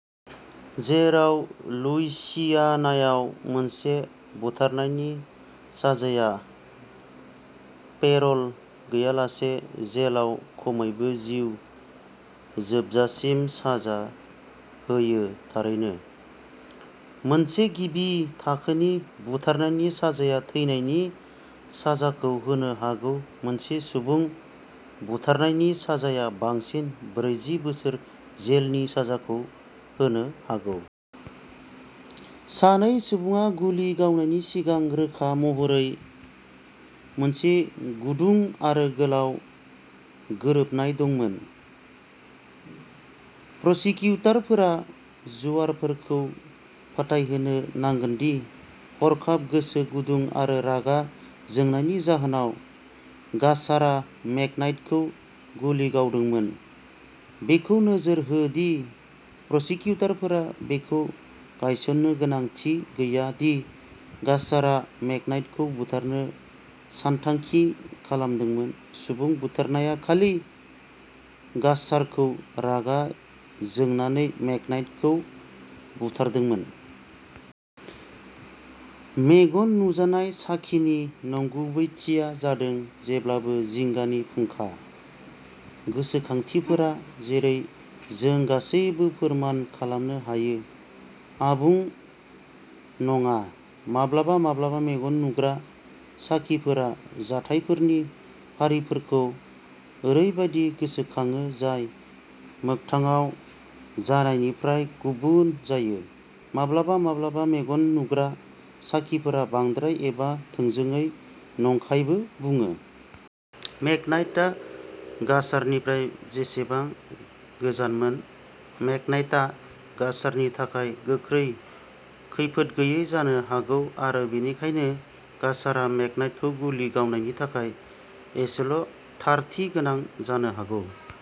जेराव लुइसियानायाव मोनसे बुथारनायनि साजाया पेर'ल गैयालासे जेलाव खमैबो जिउ जोबजासिम साजा होयो थारैनो, मोनसे गिबि थाखोनि बुथारनायनि साजाया थैनायनि साजाखौ होनो हागौ मोनसे सुबुं बुथारनायनि साजाया बांसिन ब्रैजि बोसोर जेलनि साजाखौ होनो हागौ। सानै सुबुङा गुलि गावनायनि सिगां रोखा महरै मोनसे गुदुं आरो गोलाव गोरोबनाय दंमोन। प्रसिकिउटरफोरा जुआरफोरखौ फोथायहोनो नांगोन दि, हरखाब गोसो गुदुं आरो रागा जोंनायनि जाहोनाव, गास्सारा मेकनाइटखौ गुलि गावदोंमोन। बेखौ नोजोर हो दि प्रसिकिउटरफोरा बेखौ गायसननो गोनांथि गैया दि गास्सारा मेकनाइटखौ बुथारनो सानथांखि खालामदोंमोन सुबुं बुथारनाया खालि गास्सारखौ रागा जोंनानै मेकनाइटखौ बुथारदोंमोन। मेगन नुजानाय साखिनि नंगुबैथिया जादों जेब्लाबो जिंगानि फुंखा। गोसोखांथिफोरा, जेरै जों गासैबो फोरमान खालामनो हायो, आबुं नङा। माब्लाबा माब्लाबा मेगन नुग्रा साखिफोरा जाथायफोरनि फारिफोरखौ ओरैबायदि गोसोखाङो जाय मोगथाङाव जानायनिफ्राय गुबुन जायो। माब्लाबा माब्लाबा मेगन नुग्रा साखिफोरा बांद्राय एबा थोंजोङै नंखायबो बुङो। मेकनाइटआ गास्सारनिफ्राय जेसेबां गोजानमोन, मेकनाइटा गास्सारनि थाखाय गोख्रै खैफोद गैयै जानो हागौ आरो बेनिखायनो गास्सारा मेकनाइटखौ गुलि गावनायनि थाखाय एसेल' थारथि गोनां जानो हागौ।